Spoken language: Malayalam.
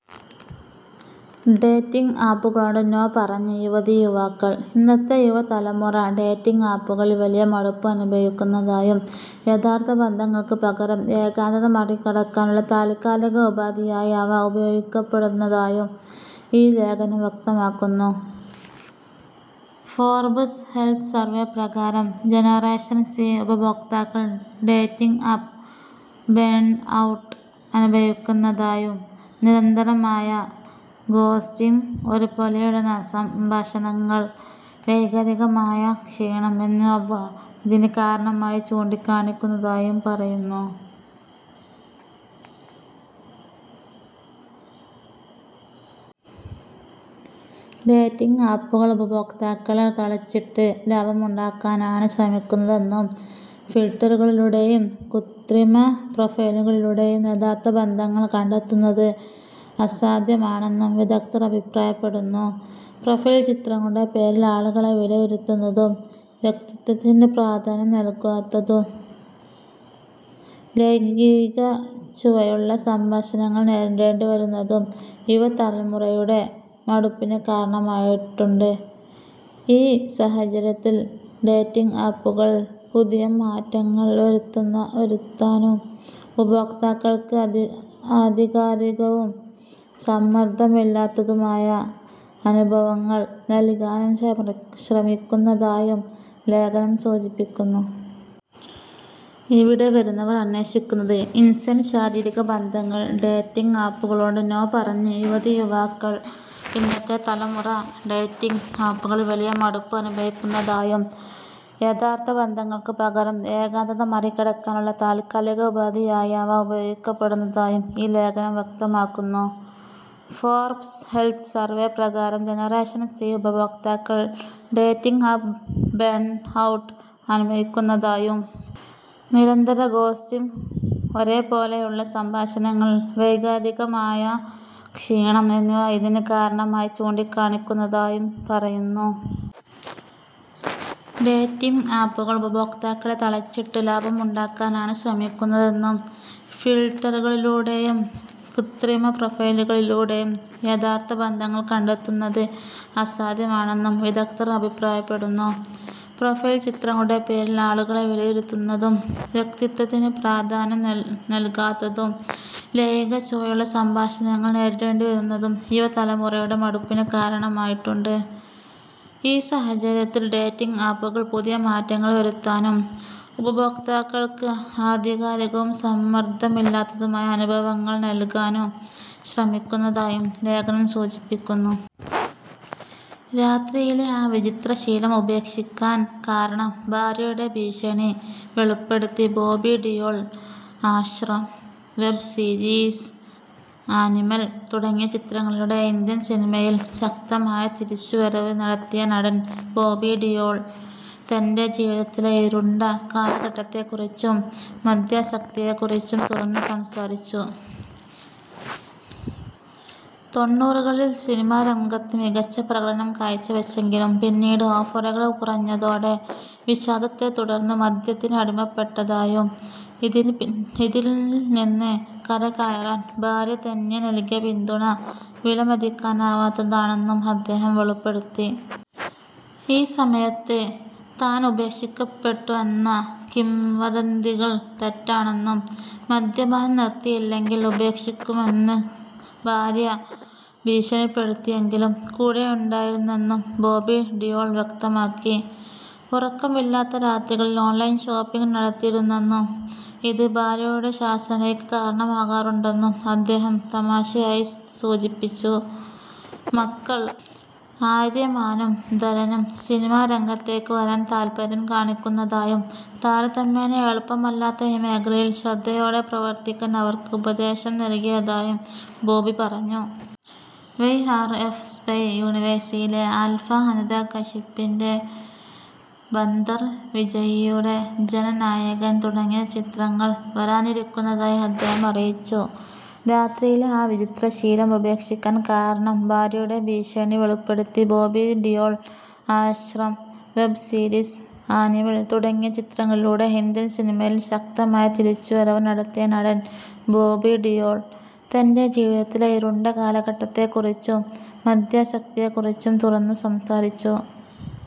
ഡേറ്റിങ് ആപ്പുകളോട് 'നോ' പറഞ്ഞ് യുവതീ– യുവാക്കൾ ഇന്നത്തെ യുവതലമുറ ഡേറ്റിംഗ് ആപ്പുകളിൽ വലിയ മടുപ്പ് അനുഭവിക്കുന്നതായും, യഥാർത്ഥ ബന്ധങ്ങൾക്ക് പകരം ഏകാന്തത മറികടക്കാനുള്ള താൽക്കാലിക ഉപാധിയായി അവ ഉപയോഗിക്കപ്പെടുന്നതായും ഈ ലേഖനം വ്യക്തമാക്കുന്നു. ഫോർബ്സ് ഹെൽത്ത് സർവേ പ്രകാരം ജനറേഷൻ സി ഉപഭോക്താക്കൾ 'ഡേറ്റിംഗ് ആപ്പ് ബേൺഔട്ട്' അനുഭവിക്കുന്നതായും, നിരന്തരമായ ഗോസ്റ്റിംഗ്, ഒരേപോലെയുള്ള സംഭാഷണങ്ങൾ, വൈകാരികമായ ക്ഷീണം എന്നിവ ഇതിന് കാരണമായി ചൂണ്ടിക്കാണിക്കുന്നതായും പറയുന്നു. ഡേറ്റിംഗ് ആപ്പുകൾ ഉപഭോക്താക്കളെ തളച്ചിട്ട് ലാഭമുണ്ടാക്കാനാണ് ശ്രമിക്കുന്നതെന്നും, ഫിൽട്ടറുകളിലൂടെയും കൃത്രിമ പ്രൊഫൈലുകളിലൂടെയും യഥാർത്ഥ ബന്ധങ്ങൾ കണ്ടെത്തുന്നത് അസാധ്യമാണെന്നും വിദഗ്ധർ അഭിപ്രായപ്പെടുന്നു. പ്രൊഫൈൽ ചിത്രങ്ങളുടെ പേരിൽ ആളുകളെ വിലയിരുത്തുന്നതും, വ്യക്തിത്വത്തിന് പ്രാധാന്യം നൽകാത്തതും, ലൈംഗികച്ചുവയുള്ള സംഭാഷണങ്ങൾ നേരിടേണ്ടി വരുന്നതും യുവതലമുറയുടെ മടുപ്പിന് കാരണമായിട്ടുണ്ട്. ഈ സാഹചര്യത്തിൽ, ഡേറ്റിംഗ് ആപ്പുകൾ പുതിയ മാറ്റങ്ങൾ വരുത്താനും, ഉപഭോക്താക്കൾക്ക് ആധികാരികവും സമ്മർദ്ദമില്ലാത്തതുമായ അനുഭവങ്ങൾ നൽകാനും ശ്രമിക്കുന്നതായും ലേഖനം സൂചിപ്പിക്കുന്നു. ഇവിടെ വരുന്നവർ അന്വേഷിക്കുന്നത് 'ഇൻസ്റ്റന്റ് ശാരീരിക ബന്ധങ്ങൾ'! ഡേറ്റിങ് ആപ്പുകളോട് 'നോ' പറഞ്ഞ് യുവതീ– യുവാക്കൾ ഇന്നത്തെ യുവതലമുറ ഡേറ്റിംഗ് ആപ്പുകളിൽ വലിയ മടുപ്പ് അനുഭവിക്കുന്നതായും, യഥാർത്ഥ ബന്ധങ്ങൾക്ക് പകരം ഏകാന്തത മറികടക്കാനുള്ള താൽക്കാലിക ഉപാധിയായി അവ ഉപയോഗിക്കപ്പെടുന്നതായും ഈ ലേഖനം വ്യക്തമാക്കുന്നു. ഫോർബ്സ് ഹെൽത്ത് സർവേ പ്രകാരം ജനറേഷൻ സി ഉപഭോക്താക്കൾ 'ഡേറ്റിംഗ് ആപ്പ് ബേൺഔട്ട്' അനുഭവിക്കുന്നതായും, നിരന്തരമായ ഗോസ്റ്റിംഗ്, ഒരേപോലെയുള്ള സംഭാഷണങ്ങൾ, വൈകാരികമായ ക്ഷീണം എന്നിവ ഇതിന് കാരണമായി ചൂണ്ടിക്കാണിക്കുന്നതായും പറയുന്നു. ഡേറ്റിംഗ് ആപ്പുകൾ ഉപഭോക്താക്കളെ തളച്ചിട്ട് ലാഭമുണ്ടാക്കാനാണ് ശ്രമിക്കുന്നതെന്നും, ഫിൽട്ടറുകളിലൂടെയും കൃത്രിമ പ്രൊഫൈലുകളിലൂടെയും യഥാർത്ഥ ബന്ധങ്ങൾ കണ്ടെത്തുന്നത് അസാധ്യമാണെന്നും വിദഗ്ധർ അഭിപ്രായപ്പെടുന്നു. പ്രൊഫൈൽ ചിത്രങ്ങളുടെ പേരിൽ ആളുകളെ വിലയിരുത്തുന്നതും, വ്യക്തിത്വത്തിന് പ്രാധാന്യം നൽകാത്തതും, ലൈംഗികച്ചുവയുള്ള സംഭാഷണങ്ങൾ നേരിടേണ്ടി വരുന്നതും യുവതലമുറയുടെ മടുപ്പിന് കാരണമായിട്ടുണ്ട്. ഈ സാഹചര്യത്തിൽ, ഡേറ്റിംഗ് ആപ്പുകൾ പുതിയ മാറ്റങ്ങൾ വരുത്താനും, ഉപഭോക്താക്കൾക്ക് ആധികാരികവും സമ്മർദ്ദമില്ലാത്തതുമായ അനുഭവങ്ങൾ നൽകാനും ശ്രമിക്കുന്നതായും ലേഖനം സൂചിപ്പിക്കുന്നു. രാത്രിയിലെ ആ 'വിചിത്ര ശീലം', ഉപേക്ഷിക്കാൻ കാരണം ഭാര്യയുടെ ഭീഷണി: വെളിപ്പെടുത്തി Bobby Deol 'Aashram' web series, 'Animal' തുടങ്ങിയ ചിത്രങ്ങളിലൂടെ ഇന്ത്യൻ സിനിമയിൽ ശക്തമായ തിരിച്ചുവരവ് നടത്തിയ നടൻ ബോബി ഡിയോൾ, തന്റെ ജീവിതത്തിലെ ഇരുണ്ട കാലഘട്ടത്തെക്കുറിച്ചും മദ്യാസക്തിയെക്കുറിച്ചും തുറന്നു സംസാരിച്ചു. തൊണ്ണൂറുകളിൽ സിനിമാ രംഗത്ത് മികച്ച പ്രകടനം കാഴ്ചവെച്ചെങ്കിലും പിന്നീട് ഓഫറുകൾ കുറഞ്ഞതോടെ വിഷാദത്തെത്തുടർന്ന് മദ്യത്തിന് അടിമപ്പെട്ടതായും, ഇതിൽ നിന്ന് കരകയറാൻ ഭാര്യ തന്യ നൽകിയ പിന്തുണ വിലമതിക്കാനാവാത്തതാണെന്നും അദ്ദേഹം വെളിപ്പെടുത്തി. ഈ സമയത്ത് താൻ ഉപേക്ഷിക്കപ്പെട്ടുവെന്ന കിംവദന്തികൾ തെറ്റാണെന്നും, മദ്യപാനം നിർത്തിയില്ലെങ്കിൽ ഉപേക്ഷിക്കുമെന്ന് ഭാര്യ ഭീഷണിപ്പെടുത്തിയെങ്കിലും കൂടെയുണ്ടായിരുന്നെന്നും ബോബി ഡിയോൾ വ്യക്തമാക്കി. ഉറക്കമില്ലാത്ത രാത്രികളിൽ ഓൺലൈൻ ഷോപ്പിംഗ് നടത്തിയിരുന്നെന്നും, ഇത് ഭാര്യയുടെ ശാസനയ്ക്ക് കാരണമാകാറുണ്ടെന്നും അദ്ദേഹം തമാശയായി സൂചിപ്പിച്ചു. മക്കൾ ആര്യമാനും ധരനും സിനിമാ രംഗത്തേക്ക് വരാൻ താൽപ്പര്യം കാണിക്കുന്നതായും, താരതമ്യേന എളുപ്പമല്ലാത്ത ഈ മേഖലയിൽ ശ്രദ്ധയോടെ പ്രവർത്തിക്കാൻ അവർക്ക് ഉപദേശം നൽകിയതായും ബോബി പറഞ്ഞു. വൈആർഎഫ് സ്പൈ യൂണിവേഴ്സിലെ 'ആൽഫ', അനുരാഗ് കശ്യപിന്റെ 'ബന്ദർ', വിജയ്യുടെ 'ജന നായകൻ' തുടങ്ങിയ ചിത്രങ്ങൾ വരാനിരിക്കുന്നതായി അദ്ദേഹം അറിയിച്ചു. രാത്രിയിലെ ആ 'വിചിത്ര ശീലം', ഉപേക്ഷിക്കാൻ കാരണം ഭാര്യയുടെ ഭീഷണി: വെളിപ്പെടുത്തി Bobby Deol 'Aashram' web series, 'Animal' തുടങ്ങിയ ചിത്രങ്ങളിലൂടെ ഇന്ത്യൻ സിനിമയിൽ ശക്തമായ തിരിച്ചുവരവ് നടത്തിയ നടൻ ബോബി ഡിയോൾ, തന്റെ ജീവിതത്തിലെ ഇരുണ്ട കാലഘട്ടത്തെക്കുറിച്ചും മദ്യാസക്തിയെക്കുറിച്ചും തുറന്നു സംസാരിച്ചു.